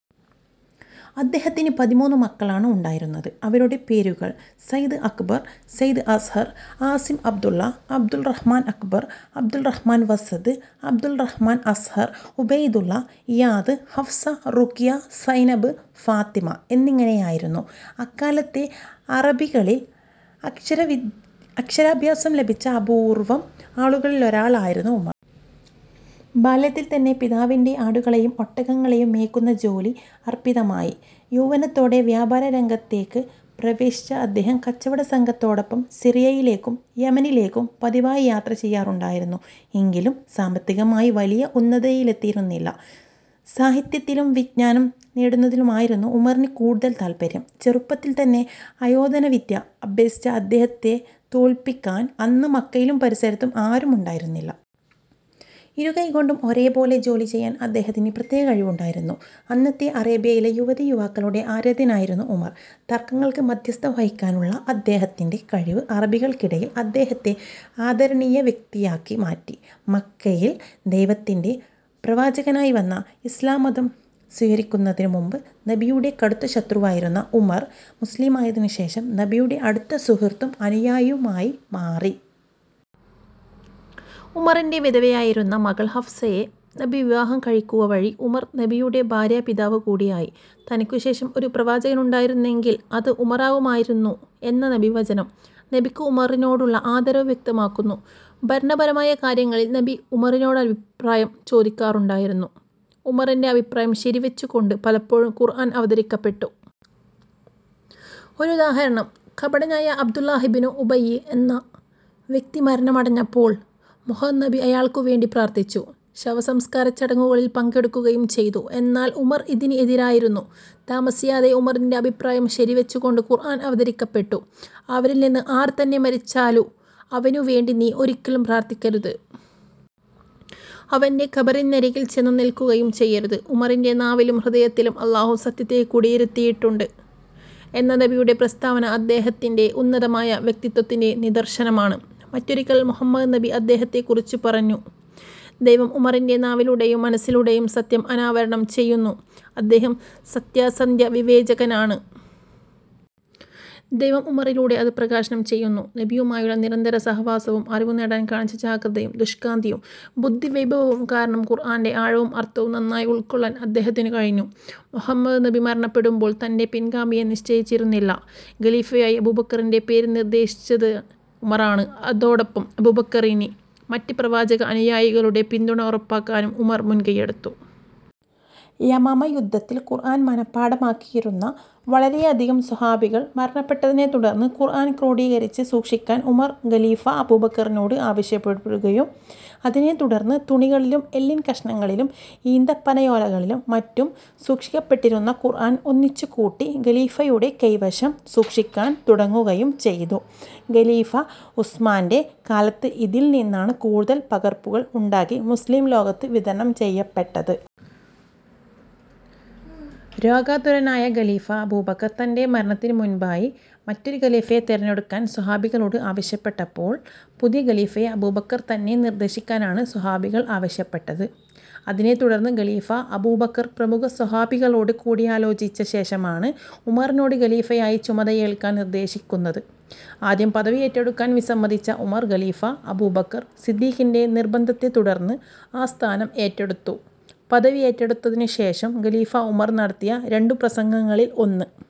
അദ്ദേഹത്തിന് പതിമൂന്ന് മക്കളാണ് ഉണ്ടായിരുന്നത്. അവരുടെ പേരുകൾ സൈദ് അക്ബർ, സൈദ് അസ്ഹർ, ആസിം, അബ്ദുള്ള, അബ്ദുൾ റഹ്മാൻ അക്ബർ, അബ്ദുൾ റഹ്മാൻ വസദ്, അബ്ദുൾ റഹ്മാൻ അസ്ഹർ, ഉബൈദുള്ള, ഇയാദ്, ഹഫ്സ, റുഖിയ, സൈനബ്, ഫാത്തിമ എന്നിങ്ങനെയായിരുന്നു. അക്കാലത്തെ അറബികളിൽ അക്ഷരാഭ്യാസം ലഭിച്ച അപൂർവ്വം ആളുകളിലൊരാളായിരുന്നു ഉമർ. ബാല്യത്തിൽ തന്നെ പിതാവിന്റെ ആടുകളെയും ഒട്ടകങ്ങളെയും മേക്കുന്ന ജോലി അർപ്പിതമായി. യൗവനത്തോടെ വ്യാപാര രംഗത്തേക്ക് പ്രവേശിച്ച അദ്ദേഹം കച്ചവടസംഘത്തോടൊപ്പം സിറിയയിലേക്കും, യമനിലേക്കും പതിവായി യാത്ര ചെയ്യാറുണ്ടായിരുന്നു. എങ്കിലും സാമ്പത്തികമായി വലിയ ഉന്നതിയിലെത്തിയിരുന്നില്ല. സാഹിത്യത്തിലും, വിജ്ഞാനം നേടുന്നതിലുമായിരുന്നു ഉമറിന് കൂടുതൽ താല്പര്യം. ചെറുപ്പത്തിൽ തന്നെ ആയോധനവിദ്യ അഭ്യസിച്ച അദ്ദേഹത്തെ തോൽപ്പിക്കാൻ അന്ന് മക്കയിലും പരിസരത്തും ആരും ഉണ്ടായിരുന്നില്ല. ഇരു കൈകൊണ്ടും ഒരേ പോലെ ജോലി ചെയ്യാൻ അദ്ദേഹത്തിന് പ്രത്യേക കഴിവുണ്ടായിരുന്നു. അന്നത്തെ അറേബ്യയിലെ യുവതീ-യുവാക്കളുടെ ആരാധ്യനായിരുന്നു ഉമർ. തർക്കങ്ങൾക്ക് മാധ്യസഥം വഹിക്കാനുള്ള അദ്ദേഹത്തിന്റെ കഴിവ് അറബികൾക്കിടയിൽ അദ്ദേഹത്തെ ആദരണീയ വ്യക്തിയാക്കി മാറ്റി. മക്കയിൽ ദൈവത്തിന്റെ പ്രവാചകനായി വന്ന ഇസ്ലാം മതം സ്വീകരിക്കുന്നതിനു മുമ്പ് നബിയുടെ കടുത്ത ശത്രുവായിരുന്ന ഉമർ, മുസ്ലിമായതിനു ശേഷം നബിയുടെ അടുത്ത സുഹൃത്തും അനുയായിയും ആയി മാറി. ഉമറിന്റെ വിധവയായിരുന്ന മകൾ ഹഫ്സയെ നബി വിവാഹം കഴിക്കുക വഴി ഉമർ നബിയുടെ ഭാര്യാപിതാവു കൂടിയായി. "തനിക്കു ശേഷം ഒരു പ്രവാചകനുണ്ടായിരുന്നെങ്കിൽ അത് ഉമറാകുമായിരുന്നു" എന്ന നബിവചനം നബിക്ക് ഉമറിനോടുള്ള ആദരവ് വ്യക്തമാക്കുന്നു. ഭരണപരമായ കാര്യങ്ങളിൽ നബി ഉമറിനോടഭിപ്രായം ചോദിക്കാറുണ്ടായിരുന്നു. ഉമറിന്റെ അഭിപ്രായം ശരിവെച്ചുകൊണ്ട് പലപ്പോഴും ഖുർആൻ അവതരിക്കപ്പെട്ടു. ഒരുദാഹരണം, കപടനായ അബ്ദുല്ലാഹിബ്നു ഉബയ്യ് എന്ന വ്യക്തി മരണമടഞ്ഞപ്പോൾ മുഹമ്മദ് നബി അയാൾക്കു വേണ്ടി പ്രാർത്ഥിച്ചു. ശവസംസ്കാരചടങ്ങുകളിൽ പങ്കെടുക്കുകയും ചെയ്തു. എന്നാൽ ഉമർ ഇതിന് എതിരായിരുന്നു. താമസിയാതെ ഉമറിന്റെ അഭിപ്രായം ശരിവെച്ചുകൊണ്ട് ഖുർആൻ അവതരിക്കപ്പെട്ടു. അവരിൽ നിന്ന് ആർ തന്നെ മരിച്ചാലും അവനു വേണ്ടി നീ ഒരിക്കലും പ്രാർത്ഥിക്കരുത്. അവന്റെ ഖബറിന്നരികിൽ ചെന്നു നിൽക്കുകയും ചെയ്യരുത്. "ഉമറിന്റെ നാവിലും ഹൃദയത്തിലും അല്ലാഹു സത്യത്തെ കുടിയിരുത്തിയിട്ടുണ്ട്" എന്ന നബിയുടെ പ്രസ്താവന അദ്ദേഹത്തിന്റെ ഉന്നതമായ വ്യക്തിത്വത്തിന്റെ നിദർശനമാണ്. മറ്റൊരിക്കൽ മുഹമ്മദ് നബി അദ്ദേഹത്തെക്കുറിച്ച് പറഞ്ഞു: "ദൈവം ഉമറിന്റെ നാവിലൂടെയും മനസ്സിലൂടെയും സത്യം അനാവരണം ചെയ്യുന്നു, അദ്ദേഹം സത്യാസത്യ വിവേചകനാണ്. ദൈവം ഉമറിലൂടെ അത് പ്രകാശനം ചെയ്യുന്നു". നബിയുമായുള്ള നിരന്തരസഹവാസവും അറിവുനേടാൻ കാണിച്ച ജാഗ്രതയും ശുഷ്കാന്തിയും ബുദ്ധിവൈഭവവും കാരണം ഖുർആന്റെ ആഴവും അർഥവും നന്നായി ഉൾക്കൊള്ളാൻ അദ്ദേഹത്തിനു കഴിഞ്ഞു. മുഹമ്മദ് നബി മരണപ്പെടുമ്പോൾ തന്റെ പിൻഗാമിയെ നിശ്ചയിച്ചിരുന്നില്ല. ഖലീഫയായി അബൂബക്കറിന്റെ പേര് നിർദ്ദേശിച്ചത് ഉമറാണ്. അതോടൊപ്പം അബൂബക്കറിന് മറ്റ് പ്രവാചക അനുയായികളുടെ പിന്തുണ ഉറപ്പാക്കാനും ഉമർ മുൻകൈയെടുത്തു. യമാമ യുദ്ധത്തിൽ ഖുർആൻ മനപാഠമാക്കിയിരുന്ന വളരെയധികം സ്വഹാബികൾ മരണപ്പെട്ടതിനെത്തുടർന്ന് ഖുർആൻ ക്രോഡീകരിച്ച് സൂക്ഷിക്കാൻ ഉമർ ഖലീഫ അബൂബക്കറിനോട് ആവശ്യപ്പെടുകയും അതിനെത്തുടർന്ന് തുണികളിലും, എല്ലിൻ കഷണങ്ങളിലും, ഈന്തപ്പനയോലകളിലും മറ്റും സൂക്ഷിക്കപ്പെട്ടിരുന്ന ഖുർആൻ ഒന്നിച്ചുകൂട്ടി ഖലീഫയുടെ കൈവശം സൂക്ഷിക്കാൻ തുടങ്ങുകയും ചെയ്തു. ഖലീഫ ഉസ്മാന്റെ കാലത്ത് ഇതിൽ നിന്നാണ് കൂടുതൽ പകർപ്പുകൾ ഉണ്ടാക്കി മുസ്ലിം ലോകത്ത് വിതരണം ചെയ്യപ്പെട്ടത്. രോഗാതുരനായ ഖലീഫാ അബൂബക്കർ തന്റെ മരണത്തിനു മുൻപായി മറ്റൊരു ഖലീഫയെ തെരഞ്ഞെടുക്കാൻ സ്വഹാബികളോട് ആവശ്യപ്പെട്ടപ്പോൾ പുതിയ ഖലീഫയെ അബൂബക്കർ തന്നെ നിർദ്ദേശിക്കാനാണ് സ്വഹാബികൾ ആവശ്യപ്പെട്ടത്. അതിനെത്തുടർന്ന് ഖലീഫാ അബൂബക്കർ പ്രമുഖ സ്വഹാബികളോട് കൂടിയാലോചിച്ച ശേഷമാണ് ഉമറിനോട് ഖലീഫയായി ചുമതലയേൽക്കാൻ നിർദ്ദേശിക്കുന്നത്. ആദ്യം പദവി ഏറ്റെടുക്കാൻ വിസമ്മതിച്ച ഉമർ ഖലീഫ അബൂബക്കർ സിദ്ദീഖിന്റെ നിർബന്ധത്തെത്തുടർന്ന് ആ സ്ഥാനം ഏറ്റെടുത്തു. പദവിയേറ്റെടുത്തതിനു ശേഷം ഖലീഫാ ഉമർ നടത്തിയ രണ്ടു പ്രസംഗങ്ങളിൽ ഒന്ന്